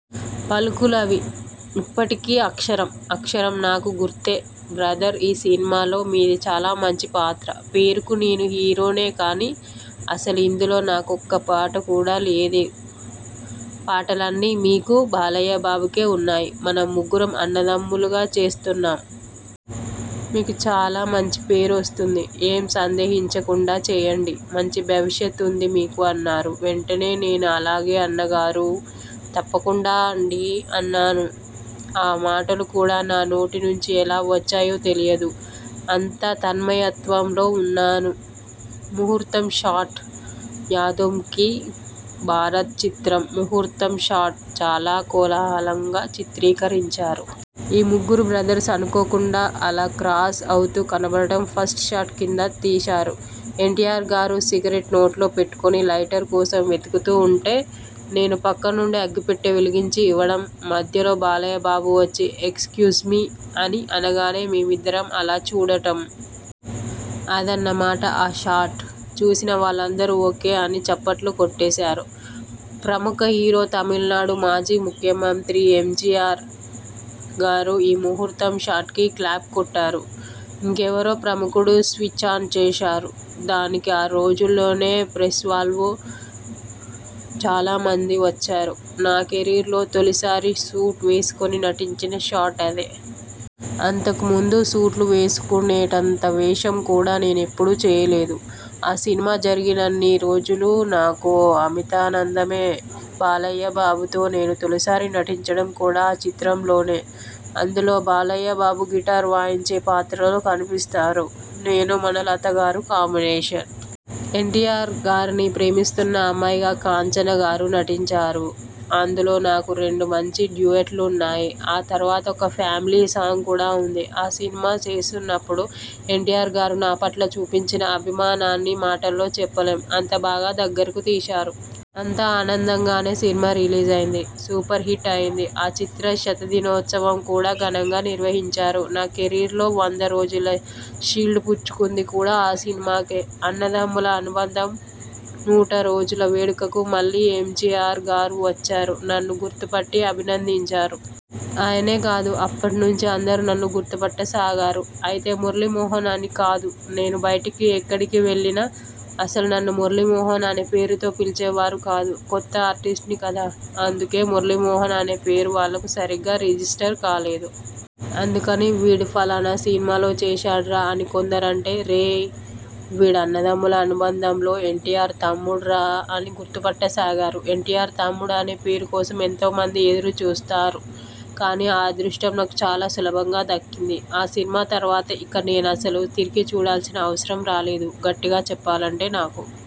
పలుకులు అవి. ఇప్పటికీ అక్షరం, అక్షరం నాకు గుర్తే. 'బ్రదర్ ఈ సినిమాలో మీది చాలా మంచి పాత్ర. పేరుకు నేను హీరోనే కానీ, అసలు ఇందులో నాకు ఒక్కపాట కూడా లేదు. పాటలన్నీ మీకూ, బాలయ్య బాబుకే ఉన్నాయి. మనం ముగ్గురం అన్నదమ్ములుగా చేస్తున్నాం. మీకు చాలా మంచిపేరు వస్తుంది. ఏం సందేహించకుండా చేయండి. మంచి భవిష్యత్తు ఉంది మీకు' అన్నారు. వెంటనే నేను ''అలాగే అన్నగారూ.. తప్పకుండా అండీ'' అన్నాను. ఆ మాటలు కూడా నా నోటినుంచి ఎలా వచ్చాయో తెలియదు. అంత తన్మయత్వంలో ఉన్నాను. ముహూర్తం షాట్. యాదోం కి బారాత్ చిత్రం 'ముహూర్తం షాట్' చాలా కోలాహలంగా చిత్రీకరించారు. ఈ ముగ్గురు బ్రదర్స్ అనుకోకుండా అలా క్రాస్ అవుతూ కనపడటం ఫస్ట్ షాట్ కింద తీశారు. ఎన్టీఆర్ గారు సిగరెట్ నోట్లో పెట్టుకుని లైటర్ కోసం వెతుకుతూ ఉంటే, నేను పక్కనుండి అగ్గిపెట్టె వెలిగించి ఇవ్వడం, మధ్యలో బాలయ్య బాబు వచ్చి 'ఎక్స్ క్యూజ్మీ' అని అనగానే మేమిద్దరం అలా చూడటం.. అదన్నమాట ఆ షాట్. చూసిన వాళ్లందరూ ఓకే అని చప్పట్లు కొట్టేశారు. ప్రముఖ హీరో, తమిళనాడు మాజీ ముఖ్యమంత్రి ఎంజీఆర్ గారు ఈ ముహూర్తం షాట్కి క్లాప్ కొట్టారు. ఇంకెవరో ప్రముఖుడు స్విచ్ఛాన్ చేశారు. దానికి ఆ రోజుల్లోనే ప్రెస్వాళ్లు చాలా మంది వచ్చారు. నా కెరీర్లో తొలి సారి సూట్ వేసుకుని నటించిన షాట్ అదే. అంతకు ముందు సూట్లు వేసుకునేటంత వేషం కూడా నేనెప్పుడూ చేయలేదు. ఆ సినిమా జరిగినన్ని రోజులూ నాకు అమితానందమే. బాలయ్య బాబుతో నేను తొలిసారి నటించడం కూడా ఆ చిత్రంలోనే. అందులో బాలయ్య బాబు గిటార్ వాయించే పాత్రలో కనిపిస్తారు. నేనూ మన లతగారూ కాంబినేషన్. ఎన్టీఆర్ గారిని ప్రేమిస్తున్న అమ్మాయిగా కాంచన గారు నటించారు. అందులో నాకు రెండు మంచి డ్యూయట్లు ఉన్నాయి. ఆ తర్వాత ఒక ఫ్యామిలీ సాంగ్ కూడా ఉంది. ఆ సినిమా చేస్తున్నప్పుడు ఎన్టీఆర్ గారు నాపట్ల చూపించిన అభిమానాన్ని మాటల్లో చెప్పలేం. అంత బాగా దగ్గరకు తీశారు. అంత ఆనందంగానే సినిమా రిలీజైంది. సూపర్ హిట్ అయింది. ఈ చిత్ర శతదినోత్సవం కూడా ఘనంగా నిర్వహించారు. నా కెరీర్లో వంద రోజుల షీల్డ్ పుచ్చుకుంది కూడా ఆ సినిమాకే. 'అన్నదమ్ముల అనుబంధం' నూట రోజుల వేడుకకు మళ్లీ ఎంజీఆర్ గారు వచ్చారు నన్ను గుర్తుపట్టి అభినందించారు. ఆయనే కాదు, అప్పటినుంచి అందరూ నన్ను గుర్తుపట్ట సాగారు. అయితే మురళీమోహన్ అని కాదు. నేను బయటికి ఎక్కడికి వెళ్లినా అసలు నన్ను మురళీమోహన్ అనే పేరుతో పిలిచేవారు కాదు. కొత్త ఆర్టిస్ట్ని కదా. అందుకే మురళీమోహన్ అనే పేరు వాళ్లకు సరిగా రిజిస్టర్ కాలేదు. అందుకని 'వీడు ఫలానా సినిమాలో చేశాడురా' అని కొందరు అంటే, 'రేయ్.. వీడు అన్నదమ్ముల అనుబంధంలో, ఎన్టీఆర్ తమ్ముడురా' అని గుర్తుపట్ట సాగారు. ఎన్టీఆర్ తమ్ముడు అనే పేరుకోసం ఎంతోమంది ఎదురు చూస్తారు. కానీ ఆ అదృష్టం నాకు చాలా సులభంగా దక్కింది. ఆ సినిమా తర్వాత ఇక నేనసలు తిరిగి చూడాల్సిన అవసరం రాలేదు. గట్టిగా చెప్పాలంటే నాకు